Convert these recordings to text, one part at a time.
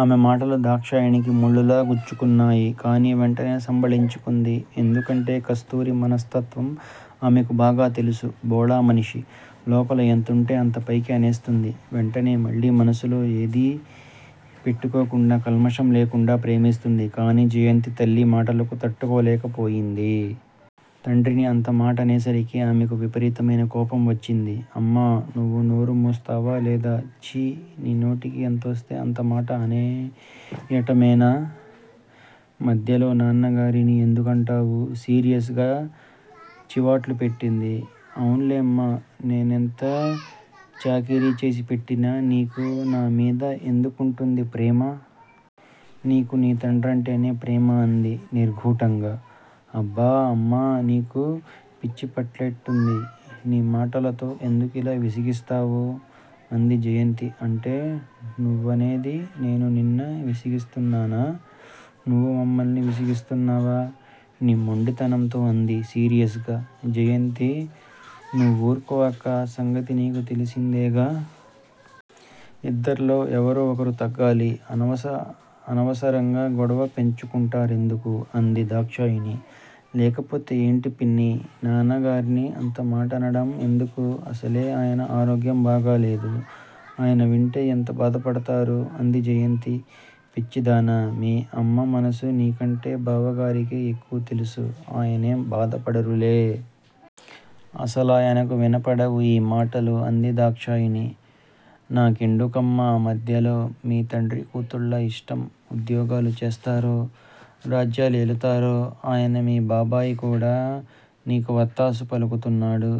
ఆమె మాటలు దాక్షాయణికి ముళ్ళులా గుచ్చుకున్నాయి. కానీ వెంటనే సంభాళించుకుంది. ఎందుకంటే కస్తూరి మనస్తత్వం ఆమెకు బాగా తెలుసు, భోళా మనిషి. లోపల ఎంతుంటే అంత పైకి అనేస్తుంది. వెంటనే మళ్ళీ మనసులో ఏది పెట్టుకోకుండా కల్మషం లేకుండా ప్రేమిస్తుంది. కానీ జయంతి తల్లి మాటలకు తట్టుకోలేకపోయింది. తండ్రిని అంత మాటనేసరికి ఆమెకు విపరీతమైన కోపం వచ్చింది. అమ్మా, నువ్వు నోరు ముస్తావా లేదా? చీ నీ నోటికి ఎంతోస్తే అంతమాట అనేయటమేనా? మధ్యలో నాన్నగారిని ఎందుకంటావు? సీరియస్ గా చివాట్లు పెట్టింది. అవున్లేమ్మా! నేనెంత చాకిరీ చేసి పెట్టినా నీకు నామీద ఎందుకుంటుంది ప్రేమ? నీకు నీ తండ్రంటేనే ప్రేమ అంది నిష్టురంగా. అబ్బా అమ్మా! నాకు పిచ్చిపట్టేట్లుంది నీ మాటలతో, ఎందుకిలా విసిగిస్తావు? అంది జయంతి. ఏంటే నువ్వనేది, నేను నిన్ను విసిగిస్తున్నానా? నువ్వు మమ్మల్ని విసిగిస్తున్నావ్ నీ మొండితనంతో అంది సీరియస్ గా. జయంతి నువ్వూరుకో అక్క సంగతి నీకు తెలిసిందేగా! ఇద్దర్లో ఎవరో ఒకరు తగ్గాలి. అనవసరంగా గొడవ పెంచుకుంటారెందుకు? అంది దాక్షాయణి. లేకపోతే ఏంటి పిన్నీ! నాన్నగార్ని అంతమాటనటం ఎందుకు? అసలే అయన ఆరోగ్యం బాగాలేదు. అయన వింటే ఎంత బాధపడతారు? అంది జయంతి. పిచ్చిదానా! మీ అమ్మమనసు నీకంటే బావగారికే ఎక్కువ తెల్సు, ఆయనేం బాధపడరులే! అసలు ఆయనకు వినపడవు ఈ మాటలు అంది దాక్షాయణి. నాకేండుకమ్మా మధ్యలో! మీ తండ్రి కూతుళ్ళ ఇష్టం, ఉద్యోగాలు చేస్తారో, రాజ్యాలేలతారో, అయినా మీ బాబాయ్ కూడా నీకు వత్తాసు పలుకుతున్నాడు,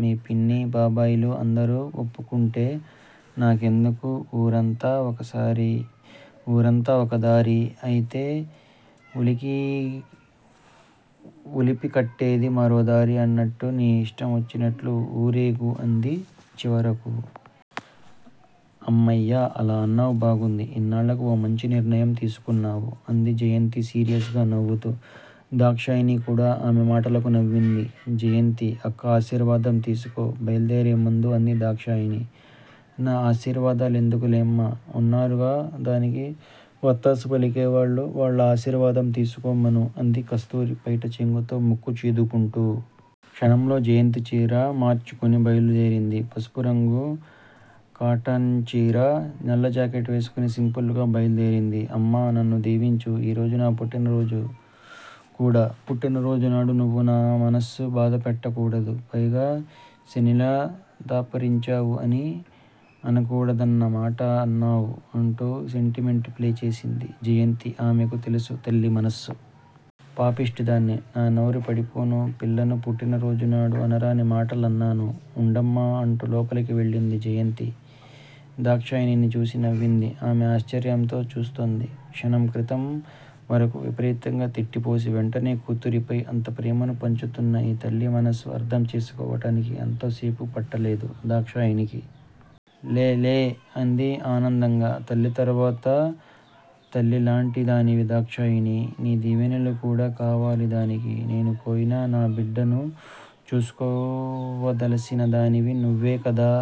మీ పిన్ని, బాబాయ్ లు, అందరూ ఒప్పుకుంటే నాకెందుకు? ఊరంతా ఒకదారి, అయితే ఉలిపికట్టేది మరోదారి అన్నట్లు నీ ఇష్టం వచ్చినట్లు ఊరేగు అంది చివరకు. అమ్మయ్యా! అలా అన్నావు బాగుంది. ఇన్నాళ్ళకు ఓ మంచి నిర్ణయం తీసుకున్నావు అంది జయంతి సీరియస్ గా నవ్వుతూ. దాక్షాయణి కూడా ఆమె మాటలకు నవ్వింది. జయంతీ! అక్క ఆశీర్వాదం తీసుకో బయల్దేరే ముందు అంది దాక్షాయణి. నా ఆశీర్వాదాలెందుకులేమ్మా! ఉన్నారుగా దానికి వత్తాసుపలికే వాళ్ళు, వాళ్ళ ఆశీర్వాదం తిసుకోమను: అంది కస్తూరి పైట చెంగుతో ముక్కు చీదుకుంటు. క్షణంలో జయంతి చీర మార్చుకుని బయలుదేరింది. పసుపురంగు కాటన్చీర, నల్లజాకెట్ వేసుకుని సింపుల్ గా బయలుదేరింది. అమ్మా నన్ను దీవించు. ఈరోజు నా పుట్టినరోజు కూడా పుట్టిన రోజునాడు నువ్వు నా మనసు బాధపెట్టకూడదు. పైగా శనిలా దాపురించావు అని అనకూడనిమాటన్నావు అంటూ సెంటిమెంట్ ప్లే చేసింది జయంతి ఆమెకు తెలుసు తల్లి మనసు. పాపిష్టిదాన్ని, నా నోరు పడిపోనూ పిల్లను పుట్టినరోజునాడు అనరాని మాటలన్నాను, ఉండమ్మా అంటూ లోపలికి వెళ్ళింది. జయంతి దాక్షాయణిని చూసి నవ్వింది. ఆమె ఆశ్చర్యంతో చూస్తుంది. క్షణం క్రితం వరకూ విపరీతంగా తిట్టిపోసి, వెంటనే కూతురిపై అంత ప్రేమను పంచుతున్న ఆ తల్లి మనసు అర్ధం చేసుకోవటానికి ఎంతో సేపు పట్టలేదు దాక్షాయణికి. లేలే అంది ఆనందంగా. తల్లి తరువాత తల్లి లాంటిదానివి దాక్షాయణి! నీ దీవెనలు కూడా కావాలి దానికి. నేను పోయినా నా బిడ్డను చూసుకోవలసినదానివి నువ్వేకదా